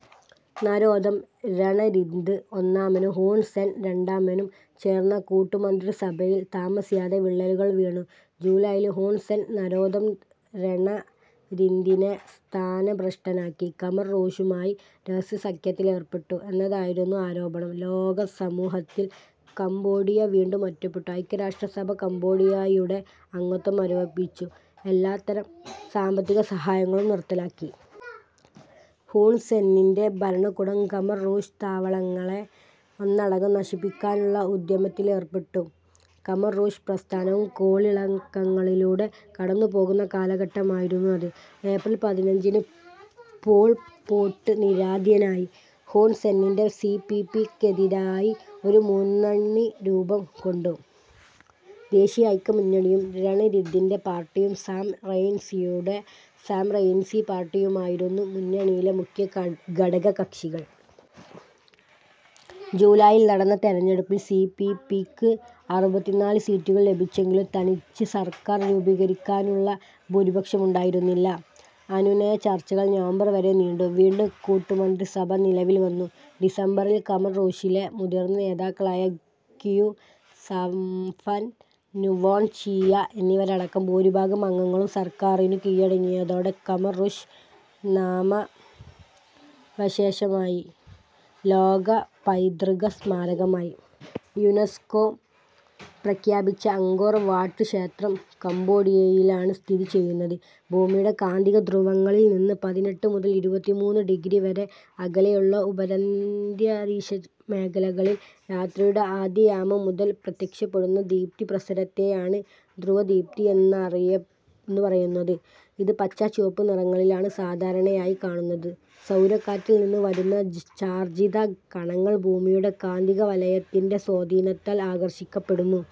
Norodom Ranariddh ഒന്നാമനും Hun Sen രണ്ടാമനും ചേർന്ന കൂട്ടുമന്ത്രിസഭയിൽ താമസിയാതെ വിള്ളലുകൾ വീണു. ജൂലൈയിൽ ഹൂൺ സെൻ നരോദം രണരിന്തിനെ സ്ഥാനഭ്രഷ്ടനാക്കി. ഖമർ റൂഷുമായി രഹസ്യസഖ്യത്തിലേർപ്പെട്ടു എന്നതായിരുന്നു ആരോപണം. ലോകസമൂഹത്തിൽ കംബോഡിയ വീണ്ടും ഒറ്റപ്പെട്ടു. ഐക്യരാഷ്ട്രസഭ കംബോഡിയായുടെ അംഗത്വം മരവിപ്പിച്ചു. എല്ലാത്തരം സാമ്പത്തിക സഹായങ്ങളും നിർത്തലാക്കി. ഹൂൺ സെന്നിൻ്റെ ഭരണകൂടം ഖമർ റൂഷ് താവളങ്ങളെ ഒന്നടങ്കം നശിപ്പിക്കാനുള്ള ഉദ്യമത്തിലേർപ്പെട്ടു. ഖമർ റൂഷ് പ്രസ്ഥാനവും കോളിളക്കങ്ങളിലൂടെ കടന്നുപോകുന്ന കാലഘട്ടമായിരുന്നു അത്. ഏപ്രിൽ പതിനഞ്ചിന് പോൾ പോട്ട് നിരാത്യനായി. ഹുൺ സെന്നിൻ്റെ സി പി പി ക്കെതിരായി ഒരു മുന്നണി രൂപം കൊണ്ടു. ദേശീയ ഐക്യമുന്നണിയും രണരിന്തിൻ്റെ പാർട്ടിയും സാം റെയ്ൻസിയുടെ സാം റെയിൻസി പാർട്ടിയുമായിരുന്നു മുന്നണിയിലെ മുഖ്യ ഘടകകക്ഷികൾ. ജൂലൈയിൽ നടന്ന തെരഞ്ഞെടുപ്പിൽ സി പി പി ക്ക് അറുപത്തിനാല് സീറ്റുകൾ ലഭിച്ചെങ്കിലും തനിച്ച് സർക്കാർ രൂപീകരിക്കാനുള്ള ഭൂരിപക്ഷമുണ്ടായിരുന്നില്ല. അനുനയ ചർച്ചകൾ നവംബർ വരെ നീണ്ടു. വീണ്ടും കൂട്ടുമന്ത്രിസഭ നിലവിൽ വന്നു. ഡിസംബറിൽ ഖമർ റൂഷിലെ മുതിർന്ന നേതാക്കളായ ഖിയു സംഫൻ, നുവോൺ ചീയ എന്നിവരടക്കം ഭൂരിഭാഗം അംഗങ്ങളും സർക്കാറിനു കീഴടങ്ങിയതോടെ ഖമർ റൂഷ് നാമാവശേഷമായി. ലോകപൈതൃകസ്മാരകമായി യുനെസ്കോ പ്രഖ്യാപിച്ച അങ്കോർ വാട്ട് ക്ഷേത്രം കംബോഡിയയിലാണ് സ്ഥിതി ചെയ്യുന്നത്. ഭൂമിയുടെ കാന്തികധ്രുവങ്ങളിൽ നിന്ന് പതിനെട്ട് മുതൽ ഇരുപത്തിമൂന്ന് ഡിഗ്രി വരെ അകലെയുള്ള ഉപര്യന്തരീക്ഷമേഖലകളിൽ രാത്രിയുടെ ആദ്യയാമം മുതൽ പ്രത്യക്ഷപ്പെടുന്ന ദീപ്തിപ്രസരത്തെയാണ് ധ്രുവദീപ്തി എന്ന് അറിയ എന്ന് പറയുന്നത്. ഇത് പച്ച, ചുവപ്പ് നിറങ്ങളിലാണ് സാധാരണയായി കാണുന്നത്. സൗരക്കാറ്റിൽ നിന്ന് വരുന്ന ചാർജിത കണങ്ങൾ ഭൂമിയുടെ കാന്തികവലയത്തിൻ്റെ സ്വാധീനത്താൽ ആകർഷിക്കപ്പെടുന്നു.